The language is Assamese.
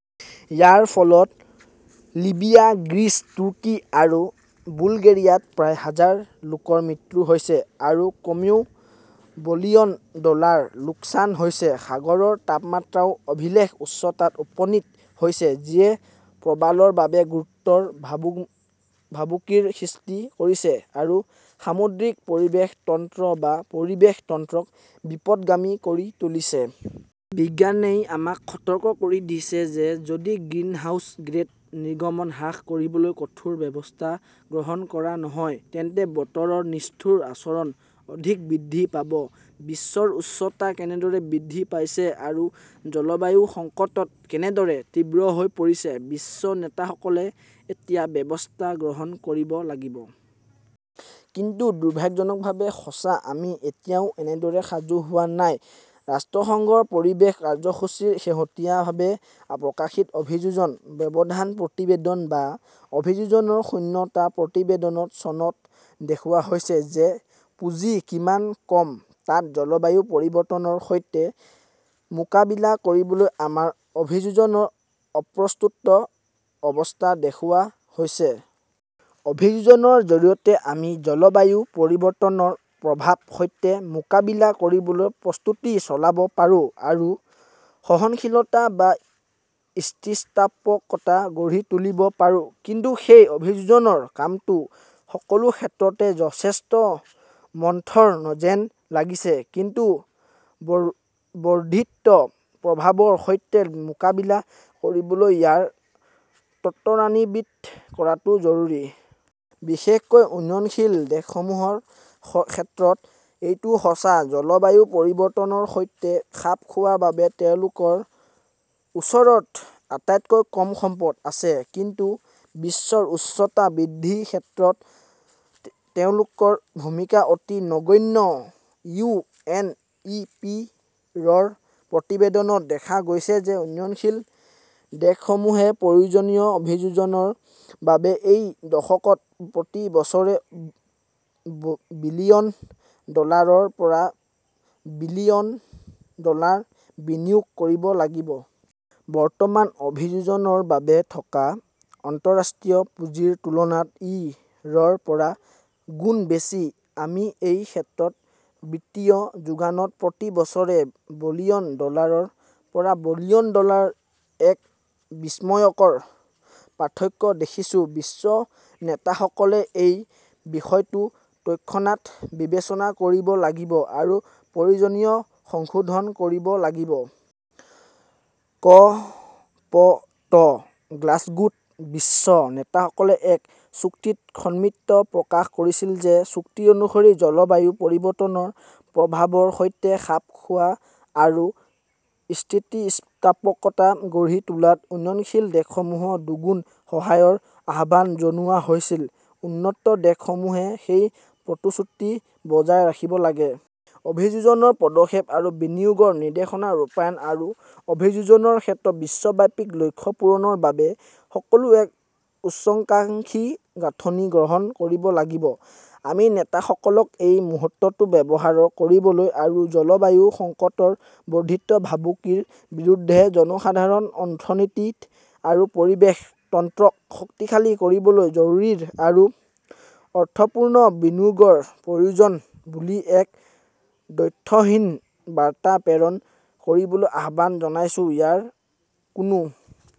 ইয়াৰ ফলত লিবিয়া, গ্ৰীচ, তুৰ্কী আৰু বুলগেৰিয়াত প্ৰায় হাজাৰ লোকৰ মৃত্যু হৈছে আৰু কমেও বিলিয়ন ডলাৰৰ লোকচান হৈছে। সাগৰৰ তাপমাত্ৰাও অভিলেখ উচ্চতাত উপনীত হৈছে, যিয়ে প্ৰবালৰ বাবে গুৰুতৰ ভাবুকিৰ সৃষ্টি কৰিছে আৰু সামুদ্ৰিক পৰিৱেশ তন্ত্ৰ বা পৰিৱেশ তন্ত্ৰক বিপথগামী কৰি তুলিছে। বিজ্ঞানই আমাক সতৰ্ক কৰি দিছে যে যদি গ্ৰীণহাউছ গেছ নিৰ্গমন হ্ৰাস কৰিবলৈ কঠোৰ ব্যৱস্থা গ্ৰহণ কৰা নহয় তেন্তে বতৰৰ নিষ্ঠুৰ আচৰণ অধিক বৃদ্ধি পাব। বিশ্বৰ উষ্ণতা কেনেদৰে বৃদ্ধি পাইছে আৰু জলবায়ু সংকট কেনেদৰে তীব্ৰ হৈ পৰিছে; বিশ্ব নেতাসকলে এতিয়া ব্যৱস্থা গ্ৰহণ কৰিব লাগিব। কিন্তু দুৰ্ভাগ্যজনকভাৱে সঁচা, আমি এতিয়াও এনেদৰে সাজু হোৱা নাই। ৰাষ্ট্ৰসংঘৰ পৰিৱেশ কাৰ্যসূচী ৰ শেহতীয়াভাৱে প্ৰকাশিত অভিযোজন ব্যৱধান প্ৰতিবেদন বা অভিযোজন শূন্যতা প্ৰতিবেদনত চনত দেখুওৱা হৈছে যে পুঁজি কিমান কম। তাত জলবায়ু পৰিৱৰ্তনৰ সৈতে মোকাবিলা কৰিবলৈ আমাৰ অভিযোজনৰ অপ্ৰস্তুত অৱস্থা দেখুওৱা হৈছে। অভিযোজনৰ জৰিয়তে আমি জলবায়ু পৰিৱৰ্তনৰ প্ৰভাৱৰ সৈতে মোকাবিলা কৰিবলৈ প্ৰস্তুতি চলাব পাৰোঁ আৰু সহনশীলতা বা স্থিতিস্থাপকতা গঢ়ি তুলিব পাৰোঁ। কিন্তু সেই অভিযোজনৰ কামটো সকলো ক্ষেত্ৰতে যথেষ্ট মন্থৰ যেন লাগিছে। কিন্তু বৰ্ধিত প্ৰভাৱৰ সৈতে মোকাবিলা কৰিবলৈ ইয়াক ত্বৰান্বিত কৰাটো জৰুৰী। বিশেষকৈ উন্নয়নশীল দেশসমূহৰ ক্ষেত্ৰত এইটো সঁচা। জলবায়ু পৰিৱৰ্তনৰ সৈতে খাপ খোৱাৰ বাবে তেওঁলোকৰ ওচৰত আটাইতকৈ কম সম্পদ আছে; কিন্তু বিশ্বৰ উষ্ণতা বৃদ্ধিৰ ক্ষেত্ৰত তেওঁলোকৰ ভূমিকা অতি নগণ্য। ইউ. এন. ই. পি. -ৰ প্ৰতিবেদনত দেখা গৈছে যে উন্নয়নশীল দেশসমূহে প্ৰয়োজনীয় অভিযোজনৰ বাবে এই দশকত প্ৰতি বছৰে বিলিয়ন ডলাৰৰ পৰা বিলিয়ন ডলাৰ বিনিয়োগ কৰিব লাগিব। বৰ্তমান অভিযোজনৰ বাবে থকা আন্তঃৰাষ্ট্ৰীয় পুঁজিৰ তুলনাত ই ৰ পৰা গুণ বেছি। আমি এই ক্ষেত্ৰত বিত্তীয় যোগানত প্ৰতি বছৰে বিলিয়ন ডলাৰৰ পৰা বিলিয়ন ডলাৰৰ এক বিস্ময়কৰ পাৰ্থক্য দেখিছোঁ। বিশ্ব নেতাসকলে এই বিষয়টো তৎক্ষণাত বিবেচনা কৰিব লাগিব আৰু প্ৰয়োজনীয় সংশোধন কৰিব লাগিব। ক "প -ত গ্লাছগোত বিশ্ব নেতাসকলে এক চুক্তিত সন্মতি প্ৰকাশ কৰিছিল। সেই চুক্তি অনুসৰি জলবায়ু পৰিৱৰ্তনৰ প্ৰভাৱৰ সৈতে খাপ খোৱা আৰু স্থিতিস্থাপকতা গঢ়ি তোলাত উন্নয়নশীল দেশসমূহক দুগুণ সহায়ৰ আহ্বান জনোৱা হৈছিল। উন্নত দেশসমূহে সেই প্ৰতিশ্ৰুতি বজাই ৰাখিব লাগিব। অভিযোজনৰ পদক্ষেপ আৰু বিনিয়োগৰ নিৰ্দেশনা ৰূপায়ণ আৰু অভিযোজনৰ ক্ষেত্ৰত বিশ্বব্যাপী লক্ষ্য পূৰণৰ বাবে সকলোৱে এক উচ্চাকাংক্ষী গাঁথনি গ্ৰহণ কৰিব লাগিব। আমি নেতাসকলক এই মুহূৰ্তটো ব্যৱহাৰ কৰিবলৈ আৰু জলবায়ু সংকটৰ বৰ্ধিত ভাবুকিৰ বিৰুদ্ধে জনসাধাৰণ, অৰ্থনীতি আৰু পৰিৱেশ তন্ত্ৰক শক্তিশালী কৰিবলৈ জৰুৰী আৰু অৰ্থপূৰ্ণ বিনিয়োগৰ প্ৰয়োজন বুলি এক দ্ব্যৰ্থহীন বাৰ্তা প্ৰেৰণ কৰিবলৈ আহ্বান জনাইছো। ইয়াৰ কোনো